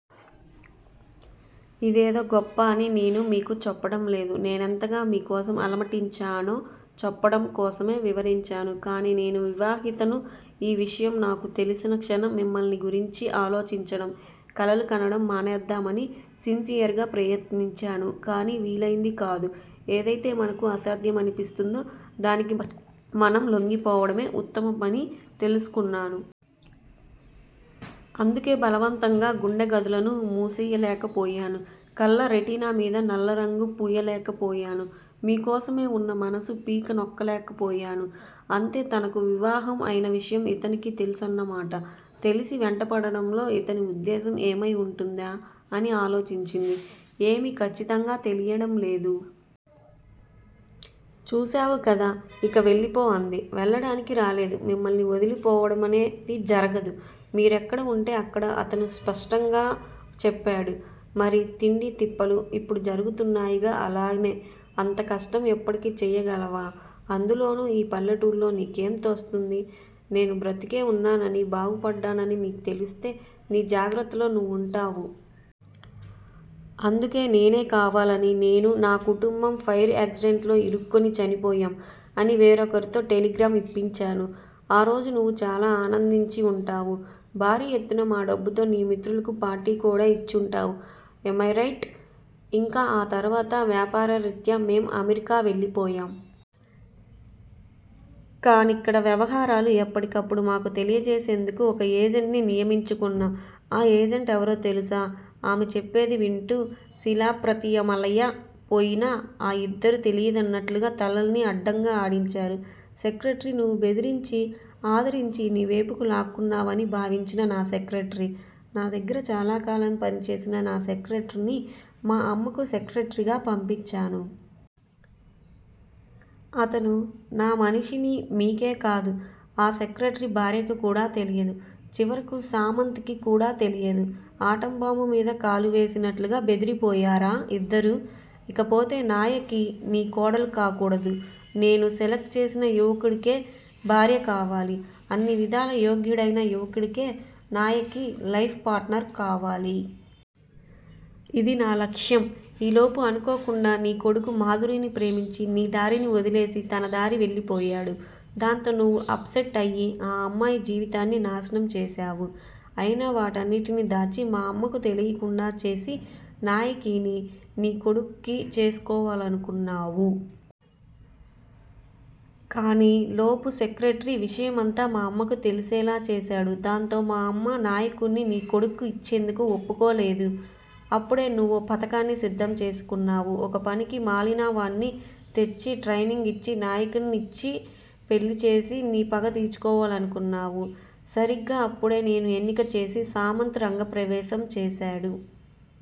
ఇదేదో గొప్ప అని మీకు చెప్పడం లేదు నేనెంతగా మీకోసం అలమటించానో చెప్పడం కోసమే వివరించాను కానీ నేను వివాహితను ఈ విషయం నాకు తెలిసిన క్షణం మిమ్మల్ని గురించి ఆలోచించడం, కలలు కనడం మానేద్దామని సిన్సియర్ గా ప్రయత్నించాను కానీ వీలయింది కాదు. ఏదయితే మనకు అసాధ్యమనిపిస్తుందో దానికి మనం లొంగిపోవడమే ఉత్తమమని తెలుసుకున్నాను. అందుకే బలవంతంగా గుండె గదులను మూసెయ్యలేకపోయాను. కళ్ళ రెటీనామీద నల్లరంగు పూయలేకపోయాను. మీకోసమే వున్న మనసు పీక నొక్కేయలేక పోయాను అంతే తనకు వివాహం అయిన విషయం ఇతనికి తెలుసన్న మాట. తెలిసీ వెంట పడడంలో ఇతని ఉద్దేశ్యం ఏమై ఉంటుందా అని ఆలోచించింది. ఏమీ ఖచ్చితంగా తెలియడం లేదు. చూశావు కదా! ఇక వెళ్ళిపో అంది. వెళ్ళడానికి రాలేదు. మిమ్మల్ని వదిలిపోవడమనేది జరగదు! మీరెక్కడ వుంటే అక్కడే అతను స్పష్టంగా చెప్పాడు. మరి తిండీ తిప్పలు? ఇప్పుడు జరుగుతున్నాయిగా అలానే అంత కష్టం ఎప్పటికీ చేయగలవా అందులోనూ ఈ పల్లెటూర్లో నీకేం తోస్తుంది? నేను బ్రతికే ఉన్నానని, బాగుపడ్డానని నీకు తెలిస్తే నీ జాగ్రత్తలో నువ్వుంటావు. అందుకే నేనే కావాలని-నేను నా కుటుంబం ఫైర్ యాక్సిడెంట్ లో ఇరుక్కుని చనిపోయాం అని వేరొకరితో టెలిగ్రామ్ ఇప్పించాను. ఆరోజు నువ్వు చాలా ఆనందించి ఉంటావు. భారీ ఎత్తున మా డబ్బుతో నీ మిత్రులకు పార్టీకూడా ఇచ్చుంటావ్. ఏమైరైట్? ఇంకా ఆ తరువాత వ్యాపారరీత్యా మేం అమెరికా వెళ్ళిపోయాం. కానిక్కడ వ్యవహారాలు ఎప్పటికప్పుడు మాకు తెలియజేసేందుకు ఒక ఏజెంట్ ని నియమించుకున్నాం. ఆ ఏజెంటెవరో తెలుసా? ఆమె చెప్పేది వింటూ శిలాప్రతిమలయి పోయిన ఆ ఇద్దరూ తెలీదన్నట్లుగా తలల్ని అడ్డంగా ఆడించారు. సెక్రటరీ నువ్వు బెదిరించి, అదిరించి నీవేపుకు లాక్కున్నావని భావించిన నా సెక్రెటరీ. నా దగ్గర చాలాకాలం పనిచేసిన నా సెక్రెటరీని మా అమ్మకు సెక్రటరీగా పంపించాను. అతను నా మనిషని మీకే కాదు ఆ సెక్రటరీ భార్యకు కూడా తెలీదు. చివరకు సామంత్ కి కూడా తెలీదు ఆటంబాంబు మీద కాలు వేసినట్లుగా బెదిరిపోయారా యిద్దరూ. ఇకపోతే నాయకి నీ కోడలు కాకూడదు. నేను సెలెక్టు చేసిన యువకుడికే భార్య కావాలి. అన్ని విధాల యోగ్యుడయిన యువకుడికే నాయకి లైఫ్ పార్టనర్ కావాలి. ఇది నా లక్ష్యం. ఈలోపు అనుకోకుండా నీ కొడుకు మాధురిని ప్రేమించి నీ దారిని వదిలేసి తనదారిన వెళ్ళిపోయాడు. దాంతో నువ్వు అప్ సెట్ అయి ఆ అమ్మాయి జీవితాన్ని నాశనం చేసావు. అయినా వాటన్నింటిని దాచి, మా అమ్మకు తెలీకుండా చేసి నాయకిని నీ కొడుక్కి చేసుకోవాలనుకున్నావు. కానీలోపు సెక్రటరీ విషయమంతా మా అమ్మకు తెలిసేలా చేసాడు. దాంతో మా అమ్మ నాయకిని నీ కొడుక్కి ఇచ్చేందుకు ఒప్పుకోలేదు. అప్పుడే నువ్వో పథకాన్ని సిద్ధం చేసుకున్నావు. ఒక పనికి మాలినవాడ్ని తెచ్చి ట్రైనింగ్ ఇచ్చి నాయకినిచ్చి పెళ్ళి చేసి నీ పగ తీర్చుకోవాలనుకున్నావు. సరీగ్గా అప్పుడే నేను ఎన్నిక చేసిన సామంత్ రంగప్రవేశం చేశాడు.